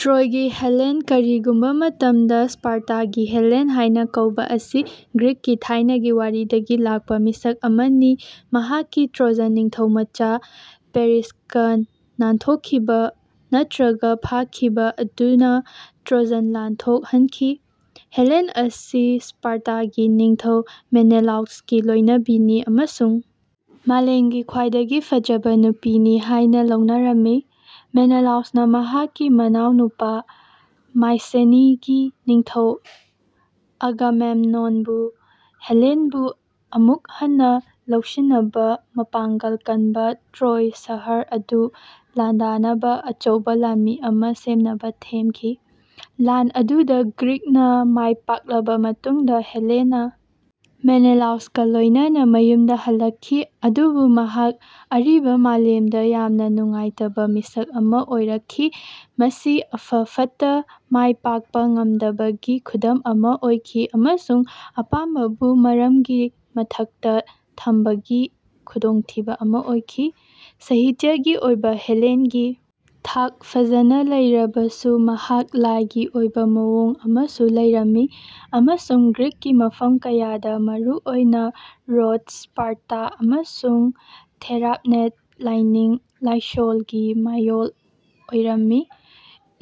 ꯇ꯭ꯔꯣꯏꯒꯤ Helen ꯀꯔꯤꯒꯨꯝꯕ ꯃꯇꯝꯗ ꯁ꯭ꯄꯥꯔꯇꯥꯒꯤ Helen ꯍꯥꯏꯅ ꯀꯧꯕ ꯑꯁꯤ ꯒ꯭ꯔꯤꯛꯀꯤ ꯊꯥꯏꯅꯒꯤ ꯋꯥꯔꯤꯗꯒꯤ ꯂꯥꯛꯄ ꯃꯤꯁꯛ ꯑꯃꯅꯤ ꯃꯍꯥꯛꯀꯤ ꯇ꯭ꯔꯣꯖꯟ ꯅꯤꯡꯊꯧꯃꯆꯥ ꯄꯦꯔꯤꯁꯀ ꯅꯥꯟꯊꯣꯛꯈꯤꯕ ꯅꯠꯇ꯭ꯔꯒ ꯐꯥꯈꯤꯕ ꯑꯗꯨꯅ ꯇ꯭ꯔꯣꯖꯟ ꯂꯥꯟ ꯊꯣꯛꯍꯟꯈꯤ꯫ ꯍꯦꯂꯦꯟ ꯑꯁꯤ ꯁ꯭ꯄꯥꯔꯇꯥꯒꯤ ꯅꯤꯡꯊꯧ ꯃꯦꯅꯦꯂꯥꯎꯁꯀꯤ ꯂꯣꯏꯅꯕꯤꯅꯤ ꯑꯃꯁꯨꯡ ꯃꯥꯂꯦꯝꯒꯤ ꯈ꯭ꯋꯥꯏꯗꯒꯤ ꯐꯖꯕ ꯅꯨꯄꯤꯅꯤ ꯍꯥꯏꯅ ꯂꯧꯅꯔꯝꯃꯤ꯫ ꯃꯦꯅꯦꯂꯥꯎꯁꯅ ꯃꯍꯥꯛꯀꯤ ꯃꯅꯥꯎꯅꯨꯄꯥ ꯃꯥꯏꯁꯦꯅꯤꯒꯤ ꯅꯤꯡꯊꯧ ꯑꯒꯥꯃꯦꯝꯅꯣꯟꯕꯨ ꯍꯦꯂꯦꯟꯕꯨ ꯑꯃꯨꯛ ꯍꯟꯅ ꯂꯧꯁꯤꯟꯅꯕ ꯃꯄꯥꯡꯒꯜ ꯀꯟꯕ ꯇ꯭ꯔꯣꯏ ꯁꯍꯔ ꯑꯗꯨ ꯂꯥꯟꯗꯥꯅꯕ ꯑꯆꯧꯕ ꯂꯥꯟꯃꯤ ꯑꯃ ꯁꯦꯝꯅꯕ ꯊꯦꯝꯈꯤ꯫ ꯂꯥꯟ ꯑꯗꯨꯗ ꯒ꯭ꯔꯤꯛꯅ ꯃꯥꯏꯄꯥꯛꯂꯕ ꯃꯇꯨꯡꯗ ꯍꯦꯂꯦꯟꯅ ꯃꯦꯅꯦꯂꯥꯎꯁꯀ ꯂꯣꯏꯅꯅ ꯃꯌꯨꯝꯗ ꯍꯜꯂꯛꯈꯤ ꯑꯗꯨꯕꯨ ꯃꯍꯥꯛ ꯑꯔꯤꯕ ꯃꯥꯂꯦꯝꯗ ꯌꯥꯝꯅ ꯅꯨꯡꯉꯥꯏꯇꯕ ꯃꯤꯁꯛ ꯑꯃ ꯑꯣꯏꯔꯛꯈꯤ ꯃꯁꯤ ꯑꯐ ꯐꯠꯇ ꯃꯥꯏ ꯄꯥꯛꯄ ꯉꯝꯗꯕꯒꯤ ꯈꯨꯗꯝ ꯑꯃ ꯑꯣꯏꯈꯤ ꯑꯃꯁꯨꯡ ꯑꯄꯥꯝꯕꯕꯨ ꯃꯔꯝꯒꯤ ꯃꯊꯛꯇ ꯊꯝꯕꯒꯤ ꯈꯨꯗꯣꯡꯊꯤꯕ ꯑꯃ ꯑꯣꯏꯈꯤ꯫ ꯁꯥꯍꯤꯇ꯭ꯌꯒꯤ ꯑꯣꯏꯕ ꯍꯦꯂꯦꯟꯒꯤ ꯊꯥꯛ ꯐꯖꯅ ꯂꯩꯔꯕꯁꯨ ꯃꯍꯥꯛ ꯂꯥꯏꯒꯤ ꯑꯣꯏꯕ ꯃꯑꯣꯡ ꯑꯃꯁꯨ ꯂꯩꯔꯝꯃꯤ ꯑꯃꯁꯨꯡ ꯒ꯭ꯔꯤꯛꯀꯤ ꯃꯐꯝ ꯀꯌꯥꯗ ꯃꯔꯨꯑꯣꯏꯅ ꯔꯣꯗꯁ ꯁ꯭ꯄꯥꯔꯇꯥ ꯑꯃꯁꯨꯡ ꯊꯦꯔꯥꯞꯅꯦꯗ ꯂꯥꯏꯅꯤꯡ ꯂꯥꯏꯁꯣꯜꯒꯤ ꯃꯌꯣꯜ ꯑꯣꯏꯔꯝꯃꯤ꯫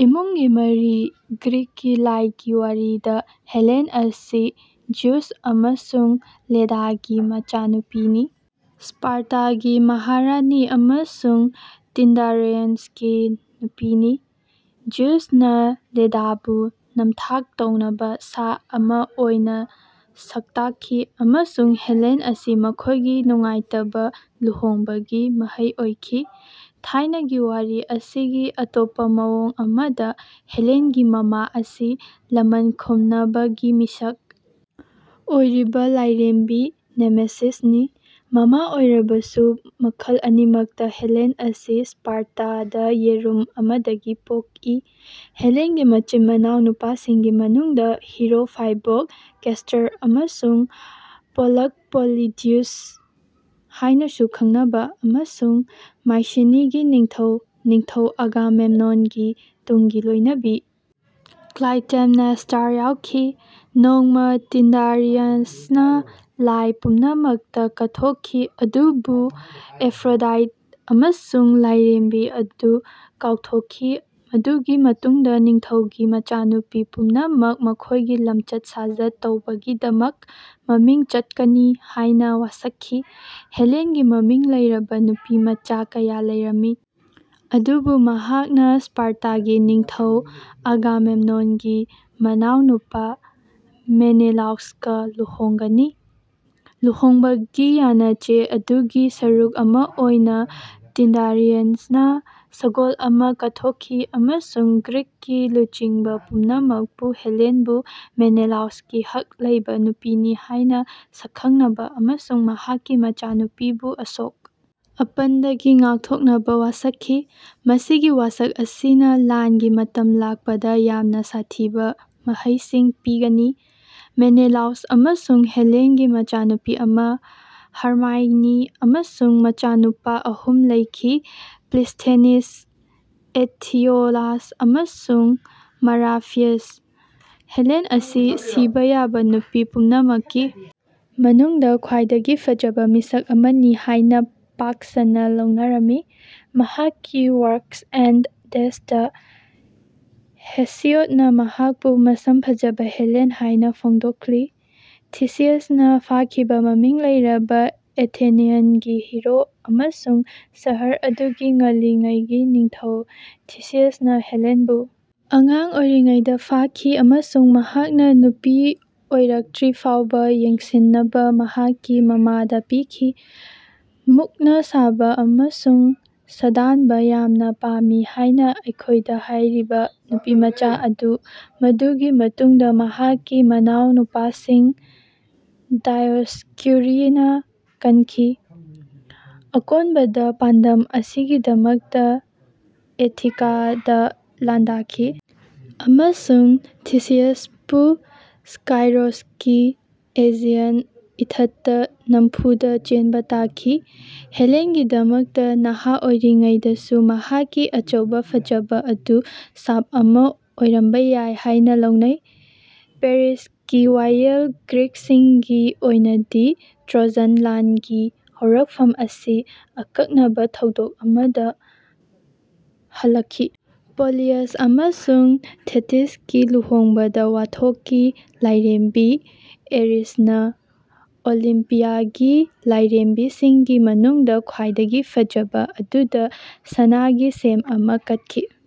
ꯏꯃꯨꯡꯒꯤ ꯃꯔꯤ ꯒ꯭ꯔꯤꯛꯀꯤ ꯂꯥꯏꯒꯤ ꯋꯥꯔꯤꯗ ꯍꯦꯂꯦꯟ ꯑꯁꯤ ꯖ꯭ꯌꯨꯁ ꯑꯃꯁꯨꯡ ꯂꯦꯗꯥꯒꯤ ꯃꯆꯥꯅꯨꯄꯤꯅꯤ ꯁ꯭ꯄꯥꯔꯇꯥꯒꯤ ꯃꯍꯥꯔꯥꯅꯤ ꯑꯃꯁꯨꯡ ꯇꯤꯟꯗꯥꯔꯦꯌꯁꯀꯤ ꯅꯨꯄꯤꯅꯤ꯫ ꯖꯤꯎꯁꯅ ꯂꯦꯗꯥꯕꯨ ꯅꯝꯊꯥꯛ ꯇꯧꯅꯕ ꯁꯥ ꯑꯃ ꯑꯣꯏꯅ ꯁꯛꯇꯥꯛꯈꯤ ꯑꯃꯁꯨꯡ ꯍꯦꯂꯦꯟ ꯑꯁꯤ ꯃꯈꯣꯏꯒꯤ ꯅꯨꯡꯉꯥꯏꯇꯕ ꯂꯨꯍꯣꯡꯕꯒꯤ ꯃꯍꯩ ꯑꯣꯏꯈꯤ꯫ ꯊꯥꯏꯅꯒꯤ ꯋꯥꯔꯤ ꯑꯁꯤꯒꯤ ꯑꯇꯣꯞꯄ ꯃꯑꯣꯡ ꯑꯃꯗ ꯍꯦꯂꯦꯟꯒꯤ ꯃꯃꯥ ꯑꯁꯤ ꯂꯃꯟ ꯈꯨꯝꯅꯕꯒꯤ ꯃꯤꯁꯛ ꯑꯣꯏꯔꯤꯕ ꯂꯥꯏꯔꯦꯝꯕꯤ ꯅꯦꯃꯦꯁꯤꯁꯅꯤ꯫ ꯃꯃꯥ ꯑꯣꯏꯔꯕꯁꯨ ꯃꯈꯜ ꯑꯅꯤꯃꯛꯇ ꯍꯦꯂꯦꯟ ꯑꯁꯤ ꯁ꯭ꯄꯥꯔꯇꯥꯗ ꯌꯦꯔꯨꯝ ꯑꯃꯗꯒꯤ ꯄꯣꯛꯏ꯫ ꯍꯦꯂꯦꯟꯒꯤ ꯃꯆꯤꯟ ꯃꯅꯥꯎ ꯅꯨꯄꯥꯁꯤꯡꯒꯤ ꯃꯅꯨꯡꯗ ꯍꯤꯔꯣ ꯐꯥꯏꯕꯣꯛ ꯀꯦꯁ꯭ꯇꯔ ꯑꯃꯁꯨꯡ ꯄꯣꯂꯛꯁ ꯄꯣꯂꯤꯗ꯭ꯌꯨꯁ ꯍꯥꯏꯅꯁꯨ ꯈꯪꯅꯕ ꯑꯃꯁꯨꯡ ꯃꯥꯏꯁꯦꯅꯤꯒꯤ ꯅꯤꯡꯊꯧ ꯅꯤꯡꯊꯧ ꯑꯒꯥꯃꯦꯝꯅꯣꯟꯒꯤ ꯇꯨꯡꯒꯤ ꯂꯣꯏꯅꯕꯤ ꯀ꯭ꯂꯥꯏꯇꯦꯝꯅꯦꯁ꯭ꯇ꯭ꯔꯥ ꯌꯥꯎꯈꯤ꯫ ꯅꯣꯡꯃ ꯇꯤꯟꯗꯥꯔꯤꯌꯁꯅ ꯂꯥꯏ ꯄꯨꯝꯅꯃꯛꯇ ꯀꯠꯊꯣꯛꯈꯤ ꯑꯗꯨꯕꯨ ꯑꯦꯐ꯭ꯔꯣꯗꯥꯏꯠ ꯑꯃꯁꯨꯡ ꯂꯥꯏꯔꯦꯝꯕꯤ ꯑꯗꯨ ꯀꯥꯎꯊꯣꯛꯈꯤ ꯃꯗꯨꯒꯤ ꯃꯇꯨꯡꯗ ꯅꯤꯡꯊꯧꯒꯤ ꯃꯆꯥꯅꯨꯄꯤ ꯄꯨꯝꯅꯃꯛ ꯃꯈꯣꯏꯒꯤ ꯂꯝꯆꯠ ꯁꯥꯖꯠ ꯇꯧꯕꯒꯤꯗꯃꯛ ꯃꯃꯤꯡ ꯆꯠꯀꯅꯤ ꯍꯥꯏꯅ ꯋꯥꯁꯛꯈꯤ꯫ ꯍꯦꯂꯦꯟꯒꯤ ꯃꯃꯤꯡ ꯂꯩꯔꯕ ꯅꯨꯄꯤ ꯃꯆꯥ ꯀꯌꯥ ꯂꯩꯔꯝꯃꯤ ꯑꯗꯨꯕꯨ ꯃꯍꯥꯛꯅ ꯁ꯭ꯄꯥꯔꯇꯥꯒꯤ ꯅꯤꯡꯊꯧ ꯑꯒꯥꯃꯦꯝꯅꯣꯟꯒꯤ ꯃꯅꯥꯎꯅꯨꯄꯥ ꯃꯦꯅꯦꯂꯥꯎꯁꯀ ꯂꯨꯍꯣꯡꯒꯅꯤ꯫ ꯂꯨꯍꯣꯡꯕꯒꯤ ꯌꯥꯅꯆꯦ ꯑꯗꯨꯒꯤ ꯁꯔꯨꯛ ꯑꯃ ꯑꯣꯏꯅ ꯇꯤꯟꯗꯥꯔꯤꯌꯁꯅ ꯁꯒꯣꯜ ꯑꯃ ꯀꯠꯊꯣꯛꯈꯤ ꯑꯃꯁꯨꯡ ꯒ꯭ꯔꯤꯛꯀꯤ ꯂꯨꯆꯤꯡꯕ ꯄꯨꯝꯅꯃꯛꯄꯨ ꯍꯦꯂꯦꯟꯕꯨ ꯃꯦꯅꯦꯂꯥꯎꯁꯀꯤ ꯍꯛ ꯂꯩꯕ ꯅꯨꯄꯤꯅꯤ ꯍꯥꯏꯅ ꯁꯛꯈꯪꯅꯕ ꯑꯃꯁꯨꯡ ꯃꯍꯥꯛꯀꯤ ꯃꯆꯥꯅꯨꯄꯤꯕꯨ ꯑꯁꯣꯛ ꯑꯄꯟꯗꯒꯤ ꯉꯥꯛꯊꯣꯛꯅꯕ ꯋꯥꯁꯛꯈꯤ꯫ ꯃꯁꯤꯒꯤ ꯋꯥꯁꯛ ꯑꯁꯤꯅ ꯂꯥꯟꯒꯤ ꯃꯇꯝ ꯂꯥꯛꯄꯗ ꯌꯥꯝꯅ ꯁꯥꯊꯤꯕ ꯃꯍꯩꯁꯤꯡ ꯄꯤꯒꯅꯤ꯫ ꯃꯦꯅꯦꯂꯥꯎꯁ ꯑꯃꯁꯨꯡ ꯍꯦꯂꯦꯟꯒꯤ ꯃꯆꯥꯅꯨꯄꯤ ꯑꯃ, ꯍꯔꯃꯥꯏꯅꯤ ꯑꯃꯁꯨꯡ ꯃꯆꯥꯅꯨꯄꯥ ꯑꯍꯨꯝ ꯂꯩꯈꯤ ꯄ꯭ꯂꯤꯁꯊꯦꯅꯤꯁ ꯑꯦꯊꯤꯑꯣꯂꯥꯁ ꯑꯃꯁꯨꯡ ꯃꯔꯥꯐꯤꯌꯁ꯫ ꯍꯦꯂꯦꯟ ꯑꯁꯤ ꯁꯤꯕ ꯌꯥꯕ ꯅꯨꯄꯤ ꯄꯨꯝꯅꯃꯛꯀꯤ ꯃꯅꯨꯡꯗ ꯈ꯭ꯋꯥꯏꯗꯒꯤ ꯐꯖꯕ ꯃꯤꯁꯛ ꯑꯃꯅꯤ ꯍꯥꯏꯅ ꯄꯥꯛ ꯁꯟꯅ ꯂꯧꯅꯔꯝꯃꯤ꯫ ꯃꯍꯥꯛꯀꯤ ꯋꯥꯔ꯭ꯛꯁ ꯑꯦꯟꯗ ꯗꯦꯁꯇ ꯍꯦꯁꯤꯌꯣꯗꯅ ꯃꯍꯥꯛꯄꯨ ꯃꯁꯝ ꯐꯖꯕ ꯍꯦꯂꯦꯟ ꯍꯥꯏꯅ ꯐꯣꯡꯗꯣꯛꯂꯤ꯫ ꯊꯤꯁꯤꯌꯁꯅ ꯐꯥꯈꯤꯕ ꯃꯃꯤꯡ ꯂꯩꯔꯕ ꯑꯦꯊꯦꯅꯤꯌꯟꯒꯤ ꯍꯤꯔꯣ ꯑꯃꯁꯨꯡ ꯁꯍꯔ ꯑꯗꯨꯒꯤ ꯉꯜꯂꯤꯉꯩꯒꯤ ꯅꯤꯡꯊꯧ ꯊꯤꯁꯤꯌꯁꯅ ꯍꯦꯂꯦꯟꯕꯨ ꯑꯉꯥꯡ ꯑꯣꯏꯔꯤꯉꯩꯗ ꯐꯥꯈꯤ ꯑꯃꯁꯨꯡ ꯃꯍꯥꯛꯅ ꯅꯨꯄꯤ ꯑꯣꯏꯔꯛꯇ꯭ꯔꯤꯐꯥꯎꯕ ꯌꯦꯡꯁꯤꯟꯅꯕ ꯃꯍꯥꯛꯀꯤ ꯃꯃꯥꯗ ꯄꯤꯈꯤ꯫ ꯃꯨꯛꯅ ꯁꯥꯕ ꯑꯃꯁꯨꯡ ꯁꯥꯗꯥꯟꯕ ꯌꯥꯝꯅ ꯄꯥꯝꯃꯤ ꯍꯥꯏꯅ ꯑꯩꯈꯣꯏꯗ ꯍꯥꯏꯔꯤꯕ ꯅꯨꯄꯤꯃꯆꯥ ꯑꯗꯨ ꯃꯗꯨꯒꯤ ꯃꯇꯨꯡꯗ ꯃꯍꯥꯛꯀꯤ ꯃꯅꯥꯎꯅꯨꯄꯥꯁꯤꯡ ꯗꯥꯏꯑꯣꯁ꯭ꯀꯨꯔꯤꯅ ꯀꯟꯈꯤ꯫ ꯑꯀꯣꯟꯕꯅ ꯄꯥꯟꯗꯝ ꯑꯁꯤꯒꯤꯗꯃꯛꯇ ꯑꯦꯊꯤꯀꯥꯗ ꯂꯥꯟꯗꯥꯈꯤ ꯑꯃꯁꯨꯡ ꯊꯤꯁꯤꯌꯁꯄꯨ ꯁ꯭ꯀꯥꯏꯔꯣꯁꯀꯤ ꯑꯦꯖꯤꯌꯟ ꯏꯊꯠꯇ ꯅꯝꯐꯨꯗ ꯆꯦꯟꯕ ꯇꯥꯈꯤ꯫ ꯍꯦꯂꯦꯟꯒꯤꯗꯃꯛꯇ ꯅꯍꯥ ꯑꯣꯏꯔꯤꯉꯩꯗꯁꯨ ꯃꯍꯥꯛꯀꯤ ꯑꯆꯧꯕ ꯐꯖꯕ ꯑꯗꯨ ꯁꯥꯞ ꯑꯃ ꯑꯣꯏꯔꯝꯕ ꯌꯥꯏ ꯍꯥꯏꯅ ꯂꯧꯅꯩ꯫ ꯄꯦꯔꯤꯁꯀꯤ ꯋꯥꯌꯦꯜ ꯒ꯭ꯔꯤꯛꯁꯤꯡꯒꯤ ꯑꯣꯏꯅꯗꯤ ꯇ꯭ꯔꯣꯖꯟ ꯂꯥꯟꯒꯤ ꯍꯧꯔꯛꯐꯝ ꯑꯁꯤ ꯑꯀꯛꯅꯕ ꯊꯧꯗꯣꯛ ꯑꯃꯗ ꯍꯜꯂꯛꯈꯤ꯫ ꯄꯦꯂꯤꯌꯁ ꯑꯃꯁꯨꯡ ꯊꯦꯇꯤꯁꯀꯤ ꯂꯨꯍꯣꯡꯕꯗ ꯋꯥꯊꯣꯛꯀꯤ ꯂꯥꯏꯔꯦꯝꯕꯤ ꯑꯦꯔꯤꯁꯅ ꯑꯣꯂꯤꯝꯄꯤꯌꯥꯒꯤ ꯂꯥꯏꯔꯦꯝꯕꯤꯁꯤꯡꯒꯤ ꯃꯅꯨꯡꯗ ꯈ꯭ꯋꯥꯏꯗꯒꯤ ꯐꯖꯕ ꯑꯗꯨꯗ ꯁꯅꯥꯒꯤ ꯁꯦꯝ ꯑꯃ ꯀꯠꯈꯤ꯫